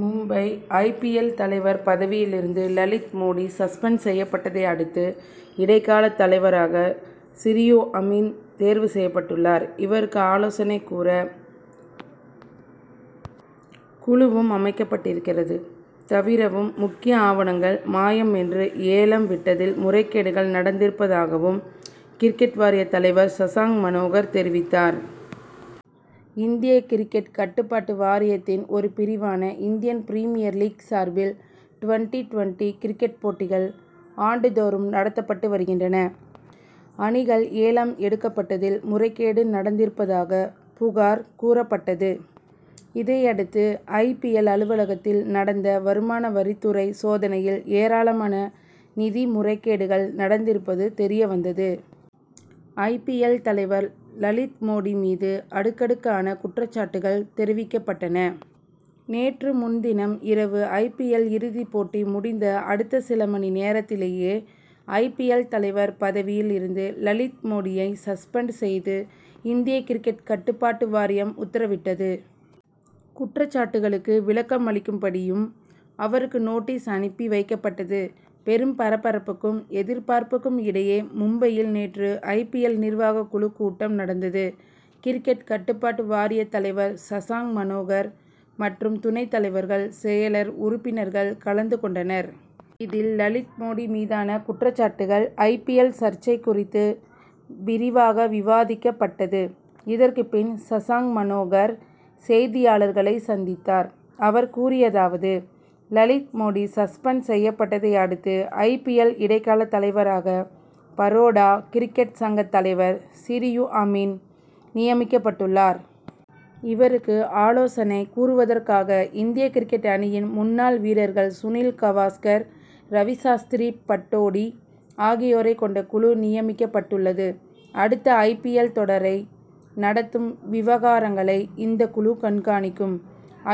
Mumbai I. P. L. தலைவர் பதவியில் இருந்து லலித் மோடி சஸ்பெண்ட் செய்யப்பட்டதை அடுத்து இடைக்கால தலைவராக சிரயு அமீன் தேர்வு செய்யப்பட்டுள்ளார். இவருக்கு ஆலோசனை கூற குழுவும் அமைக்கப்பட்டிருக்கிறது. தவிரவும் முக்கிய ஆவணங்கள் மாயம் என்று ஏலம் விட்டதில் முறைகேடுகள் நடந்திருப்பதாகவும் கிரிக்கெட் வாரியத் தலைவர் சஷாங் மனோகர் தெரிவித்தார். இந்திய கிரிக்கெட் கட்டுப்பாட்டு வாரியத்தின் ஒரு பிரிவான இந்தியன் பிரிமியர் லீக் சார்பில் டுவென்டி-டுவென்டி கிரிக்கெட் போட்டிகள் ஆண்டு தோறும் நடத்தப்பட்டு வருகின்றன. அணிகள் ஏலம் எடுக்கப்பட்டதில் முறைகேடு நடந்திருப்பதாக புகார் கூறப்பட்டது. இதையடுத்து ஐ. பி. எல். அலுவலகத்தில் நடந்த வருமானவரித் துறை சோதனையில் ஏராளமான நிதி முறைகேடுகள் நடந்திருப்பது தெரியவந்தது. ஐ. பி. எல். தலைவர் லலித் மோடி மீது அடுக்கடுக்கான குற்றச்சாட்டுகள் தெரிவிக்கப்பட்டன. நேற்று முன்தினம் இரவு ஐ. பி. எல். இறுதிப் போட்டி முடிந்த அடுத்த சில மணி நேரத்திலேயே ஐ. பி. எல். தலைவர் பதவியில் இருந்து லலித் மோடியை சஸ்பெண்ட் செய்து இந்திய கிரிக்கெட் கட்டுப்பாட்டு வாரியம் உத்தரவிட்டது. குற்றச்சாட்டுகளுக்கு விளக்கம் அளிக்கும்படியும் அவருக்கு நோட்டீஸ் அனுப்பி வைக்கப்பட்டது. பெரும் பரபரப்புக்கும் எதிர்பார்ப்புக்கும் இடையே மும்பையில் நேற்று ஐ. பி. எல். நிர்வாகக் குழு கூட்டம் நடந்தது. கிரிக்கெட் கட்டுப்பாட்டு வாரிய தலைவர் சஷாங் மனோகர் மற்றும் துணைத் தலைவர்கள் செயலர் உறுப்பினர்கள் கலந்து கொண்டனர். இதில் லலித் மோடி மீதான குற்றச்சாட்டுகள் ஐ. பி. எல். சர்ச்சை குறித்து விரிவாக விவாதிக்கப்பட்டது. இதற்கு பின் சஷாங் மனோகர் செய்தியாளர்களை சந்தித்தார். அவர் கூறியதாவது. லலித் மோடி சஸ்பெண்ட் செய்யப்பட்டதை அடுத்து ஐ. பி. எல். இடைக்கால தலைவராக பரோடா கிரிக்கெட் சங்க தலைவர் சிரயு அமீன் நியமிக்கப்பட்டுள்ளார். இவருக்கு ஆலோசனை கூறுவதற்காக இந்திய கிரிக்கெட் அணியின் முன்னாள் வீரர்கள் சுனில் கவாஸ்கர் ரவி சாஸ்திரி பட்டோடி ஆகியோரைக் கொண்ட குழு நியமிக்கப்பட்டுள்ளது. அடுத்த ஐ. பி. எல். தொடரை நடத் தும் விவகாரங்களை இந்த குழு கண்காணிக்கும்.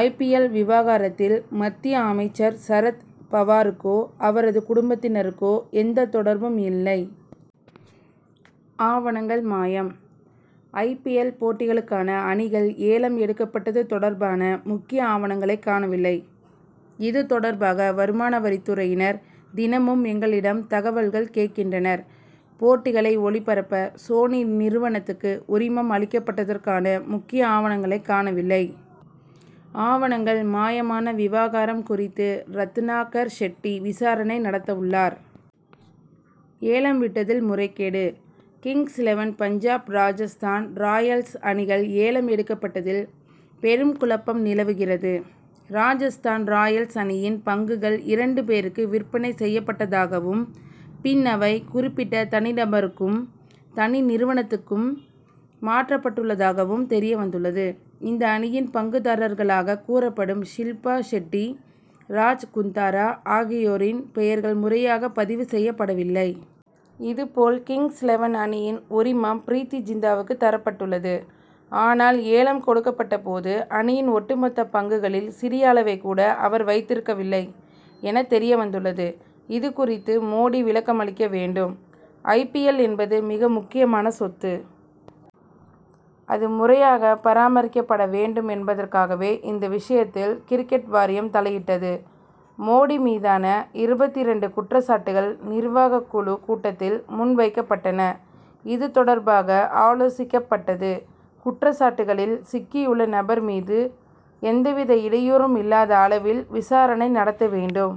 ஐ. பி. எல். விவகாரத்தில் மத்திய அமைச்சர் சரத் பவாருக்கோ அவரது குடும்பத்தினருக்கோ எந்த தொடர்பும் இல்லை. ஆவணங்கள் மாயம். ஐ. பி. எல். போட்டிகளுக்கான அணிகள் ஏலம் எடுக்கப்பட்டது தொடர்பான முக்கிய ஆவணங்களை காணவில்லை. இது தொடர்பாக வருமானவரித் துறையினர் தினமும் எங்களிடம் தகவல்கள் கேட்கின்றனர். போட்டிகளை ஒளிபரப்ப சோனி நிறுவனத்துக்கு உரிமம் அளிக்கப்பட்டதற்கான முக்கிய ஆவணங்களை காணவில்லை. ஆவணங்கள் மாயமான விவகாரம் குறித்து ரத்னாகர் ஷெட்டி விசாரணை நடத்தவுள்ளார். ஏலம் விட்டதில் முறைகேடு. Kings Eleven Punjab Rajasthan Royals அணிகள் ஏலம் எடுக்கப்பட்டதில் பெரும் குழப்பம் நிலவுகிறது. ராஜஸ்தான் ராயல்ஸ் அணியின் பங்குகள் இரண்டு பேருக்கு விற்பனை செய்யப்பட்டதாகவும் பின் அவை குறிப்பிட்ட தனி நபருக்கும் தனி நிறுவனத்துக்கும் மாற்றப்பட்டுள்ளதாகவும் தெரியவந்துள்ளது. இந்த அணியின் பங்குதாரர்களாக கூறப்படும் ஷில்பா ஷெட்டி ராஜ் குந்தரா ஆகியோரின் பெயர்கள் முறையாக பதிவு செய்யப்படவில்லை. இதுபோல் கிங்ஸ் லெவன் அணியின் உரிமம் ப்ரீத்தி ஜிந்தாவுக்கு தரப்பட்டுள்ளது. ஆனால் ஏலம் கொடுக்கப்பட்டபோது அணியின் ஒட்டுமொத்த பங்குகளில் சிறிய அளவைக் கூட அவர் வைத்திருக்கவில்லை என தெரியவந்துள்ளது. இதுகுறித்து மோடி விளக்கம் அளிக்க வேண்டும். ஐ. பி. எல். என்பது மிக முக்கியமான சொத்து. அது முறையாக பராமரிக்கப்பட வேண்டும் என்பதற்காகவே இந்த விஷயத்தில் கிரிக்கெட் வாரியம் தலையிட்டது. மோடி மீதான இருபத்திரண்டு குற்றச்சாட்டுகள் நிர்வாகக் குழு கூட்டத்தில் முன் வைக்கப் பட்டன. இது தொடர்பாக ஆலோசிக்கப்பட்டது. குற்றச்சாட்டுகளில் சிக்கியுள்ள நபர் மீது எந்தவித இடையூறும் இல்லாத அளவில் விசாரணை நடத்த வேண்டும்